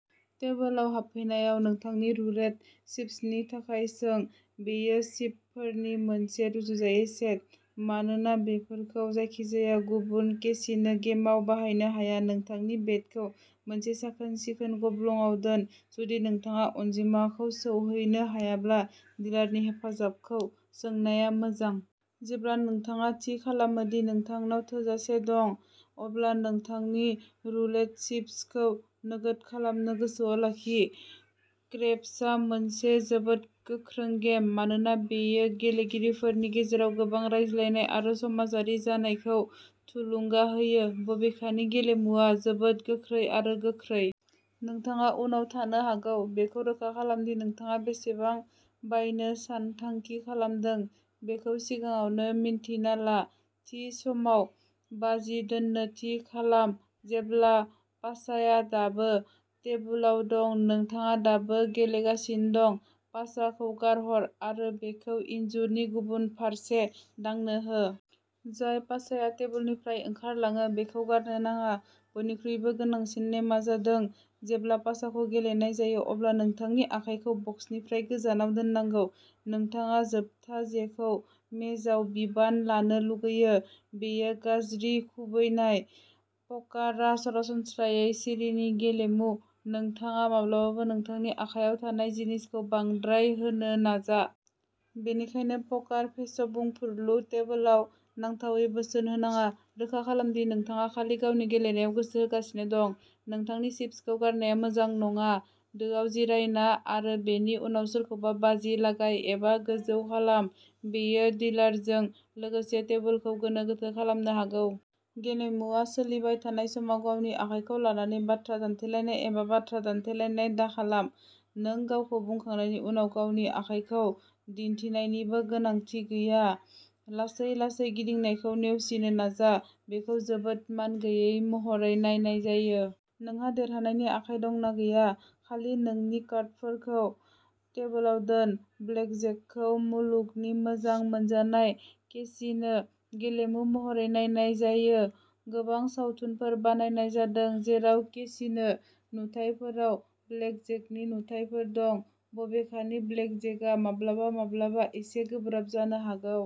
टेबोलआव हाबफैनायाव, नोंथांनि रुलेट चिप्सनि थाखाय सों। बेयो चिपफोरनि मोनसे रुजुजायै सेट, मानोना बेफोरखौ जायखिजाया गुबुन केसिनो गेमआव बाहायनो हाया। नोंथांनि बेटखौ मोनसे साखोन-सिखोन गब्लंआव दोन, जुदि नोंथांङा अनजिमाखौ सौहैनो हायाब्ला डिलारनि हेफाजाबखौ सोंनाया मोजां। जेब्ला नोंथांङा थि खालामो दि नोंथांनाव थोजासे दं, अब्ला नोंथांनि रुलेट चिप्सखौ नोगोद खालामनो गोसोआव लाखि। क्रेप्सआ मोनसे जोबोद गोख्रों गेम, मानोना बेयो गेलेगिरिफोरनि गेजेराव गोबां रायज्लायनाय आरो समाजारि जानायखौ थुलुंगा होयो। बबेखानि, गेलेमुआ जोबोद गोख्रै आरो गोख्रै। नोंथांङा उनाव थानो हागौ। बेखौ रोखा खालाम दि नोंथांङा बेसेबां बायनो सानथांखि खालामदों बेखौ सिगांङावनो मिन्थिना ला। थि समाव बाजि दोन्नो थि खालाम, जेब्ला पासाया दाबो टेबुलआव दं, नोंथांङा दाबो गेलेगासिनो दं। पासाखौ गारहर आरो बेखौ इनजुरनि गुबुन फारसे दांनो हो। जाय पासाया टेबुलनिफ्राय ओंखारलांङो बेखौ गारनो नांङा। बयनिख्रुइबो गोनांसिन नेमआ जादों जेब्ला पासाखौ गेलेनाय जायो, अब्ला नोंथांनि आखाइखौ बक्सनिफ्राय गोजानाव दोननांगौ। नोंथांङा जोबथा जेखौ मेजआव बिबान लानो लुगैयो बेयो गाज्रि खुबैनाय। पकारआ सरासनस्रायै सिरिनि गेलेमु; नोंथांङा माब्लाबाबो नोंथांनि आखायाव थानाय जिनिसखौ बांद्राय होनो नाजा। बेनिखायनो,'पकार फेस'बुंफुरलु। टेबुलआव नांथावै बोसोन होनांङा। रोखा खालाम दि नोंथांङा खालि गावनि गेलेनायाव गोसो होगासिनो दं। नोंथांनि चिप्सखौ गारनाया मोजां नंङा। दोआव जिरायना आरो बेनि उनाव सोरखौबा बाजि लागाय एबा गोजौ खालाम; बेयो डिलारजों लोगोसे टेबोलखौ गोनो-गोथो खालामनो हागौ। गेलेमुआ सोलिबाय थानाय समाव गावनि आखाइखौ लानानै बाथ्रा दान्थेलायनाय एबा बाथ्रा दान्थेलायनाय दाखालाम। नों गावखौ बुंखांनायनि उनाव गावनि आखाइखौ दिन्थिनायनिबो गोनांथि गैया। लासै लासै गिदिंनायखौ नेवसिनो नाजा, बेखौ जोबोद मानगैयै महरै नायनाय जायो। नोंहा देरहानायनि आखाइ दं ना गैया, खालि नोंनि कार्डफोरखौ टेबोलाव दोन। ब्लेकजेकखौ मुलुगनि मोजां मोनजानाय केसिनो गेलेमु महरै नायनाय जायो। गोबां सावथुनफोर बानायनाय जादों जेराव केसिनो नुथायफोराव ब्लेकजेकनि नुथाइफोर दं। बबेखानि, ब्लेकजेकआ माब्लाबा माब्लाबा एसे गोब्राब जानो हागौ।